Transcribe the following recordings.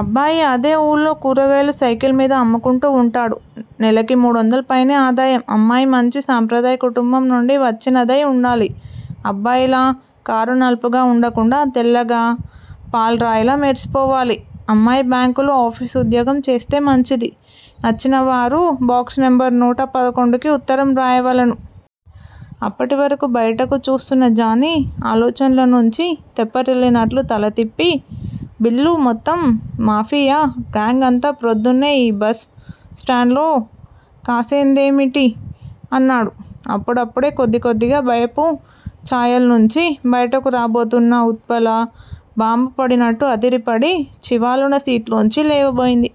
అబ్బాయి అదే ఊళ్లో కూరగాయలు సైకిల్ మీద అమ్ముకుంటూ ఉంటాడు. నెలకి మూడొందలు పైనే ఆదాయం. అమ్మాయి మంచి సాంప్రదాయకుటుంబం నుండి వచ్చినదై ఉండాలి. అబ్బాయిలా కారునలుపుగా ఉండకుండా తెల్లగా పాల్రాయిలా మెర్సిపోవాలి! అమ్మాయి బ్యాంకులో ఆఫీస్ ఉద్యోగం చేస్తే మంచిది. నచ్చినవారు బాక్సునెంబరు నూట పదకొండుకి ఉత్తరం రాయవలెను. అప్పటి వరకూ బయటకు చూస్తున్న జానీ, ఆలోచన్ల నుంచి తెప్పరిల్లినట్లు తలతిప్పి, బిల్లూ మొత్తం మాఫియా గాంగ్ అంతా ప్రొద్దున్నే ఈ బస్ స్టాండ్ లో కాసిందేమిటి? అన్నాడు. అప్పుడప్పుడే కొద్దికొద్దిగా భయపు ఛాయల్నుంచి, బయటకు రాబోతూన్న ఉత్పల, బాంబు పడినట్టు అదిరిపడి చివాలున సీట్లోంచి లేవబోయింది.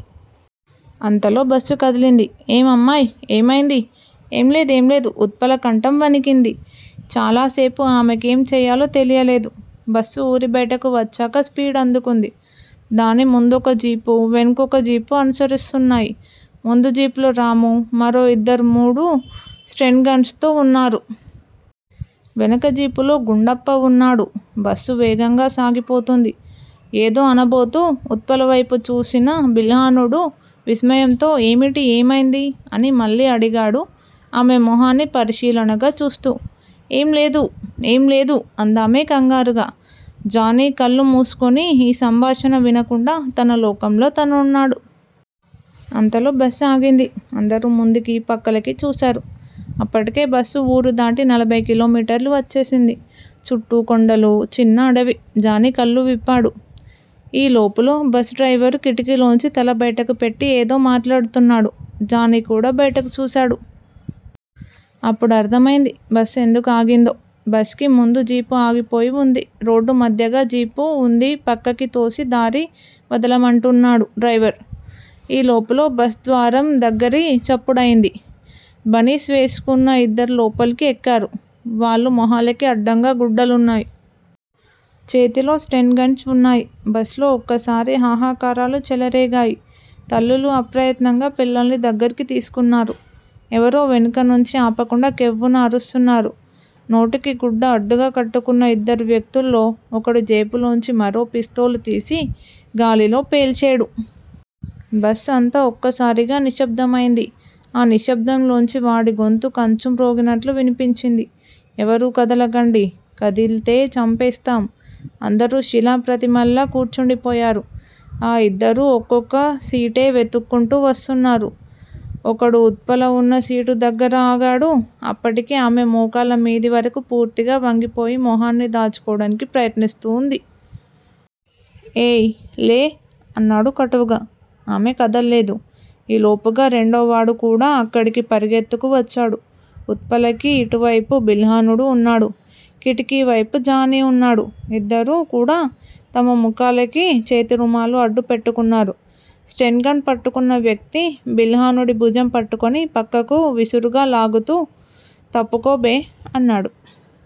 అంతలో బస్సు కదిలింది. ఏం అమ్మాయ్? ఏమైంది ఏం లేదు ఏంలేదు ఉత్పల కంఠం వణికింది. చాలాసేపు ఆమెకేం చెయ్యాలో తెలియలేదు. బస్సు ఊరిబయటకు వచ్చాక స్పీడు అందుకుంది. దాని ముందొక జీపు, వెనుకొక జీపు అనుసరిస్తున్నాయి. ముందు జీపులో రాము, మరో ఇద్దరు మూడు స్టెన్ గన్స్ తో వున్నారు. వెనుక జీపులో గుండప్ప వున్నాడు. బస్సు వేగంగా సాగిపోతోంది. ఏదో అనబోతూ ఉత్పలవైపు చూసిన బిల్హణుడు విస్మయంతో ఏమిటి ఏమైంది అని మళ్ళీ అడిగాడు ఆమె మొహాన్ని పరిశీలనగా చూస్తూ. ఏం లేదు, ఏం లేదు అందామె కంగారుగా. జానీ కళ్ళు మూసుకుని ఈ సంభాషణ వినకుండా తన లోకంలో తనున్నాడు. అంతలో బస్ ఆగింది. అందరూ ముందుకీ పక్కలకీ చూశారు. అప్పటికే బస్సు వూరుదాటి నలభై కిలోమీటర్లు వచ్చేసింది. చుట్టూ కొండలు- చిన్న అడవి. జానీ కళ్ళు విప్పాడు. ఈ లోపులో బస్ డ్రైవరు కిటికీలోంచి తల బయటకు పెట్టి ఏదో మాట్లాడుతున్నాడు. జానీ కూడా బయటకు చూశాడు. అప్పుడర్ధమైంది. బస్ ఎందుకు ఆగిందో! బస్ కి ముందు జీపు ఆగిపోయి వుంది. రోడ్డు మధ్యగా జీపు వుంది పక్కకి తోసి దారి వదల' మంటున్నాడు డ్రైవర్. ఈ లోపులో బస్ ద్వారం దగ్గిర చప్పుడయింది. బనీస్ వేసుకున్న ఇద్దరు లోపలికి ఎక్కారు. వాళ్ళ మొహాలకి అడ్డంగా గుడ్డలున్నాయి. చేతిలో స్టెన్ గన్స్ వున్నాయి. బస్ లో ఒక్కసారి హాహాకారాలు చెలరేగాయి. తల్లులు అప్రయత్నంగా పిల్లల్ని దగ్గరికి తీసుకున్నారు. ఎవరో వెనుక నుంచి ఆపకుండా కెవ్వున అరుస్తున్నారు. నోటికి గుడ్డ అడ్డుగా కట్టుకున్న ఇద్దరు వ్యక్తుల్లో ఒకడు జేబులోంచి మరో పిస్తోలు తీసి గాలిలో పేల్చేడు. బస్ అంతా ఒక్కసారిగా నిశ్శబ్దమయింది. ఆ నిశ్శబ్దంలోంచి వాడి గొంతు కంచు మ్రోగినట్టు వినిపించింది. ఎవరూ కదలకండి. కదిల్తే చంపేస్తాం. అందరూ శిలా ప్రతిమల్లా కూర్చుండిపోయారు. ఆ ఇద్దరూ ఒక్కొక్క సీటే వెతుక్కుంటూ వస్తున్నారు. ఒకడు ఉత్పల వున్న సీటు దగ్గిర ఆగాడు. అప్పటికే ఆమె మోకాళ్ళమీదవరకు పూర్తిగా వంగిపోయి మొహాన్ని దాచుకోవడానికి ప్రయత్నిస్తూంది. ఏయ్ లే అన్నాడు కటువుగా. ఆమె కదల్లేదు. ఈ లోపుగా రెండోవాడు కూడా అక్కడికి పరుగెత్తుకు వచ్చాడు. ఉత్పలకి ఇటువైపు బిల్హణుడు వున్నాడు. కిటికీ వైపు జానీ వున్నాడు. ఇద్దరూ కూడా తమ ముఖాలకి చేతిరుమాలు అడ్డు పెట్టుకున్నారు. స్టెన్ గన్ పట్టుకున్న వ్యక్తి బిల్హణుడి భుజం పట్టుకుని పక్కకి విసురుగా లాగుతూ తప్పుకోబే అన్నాడు.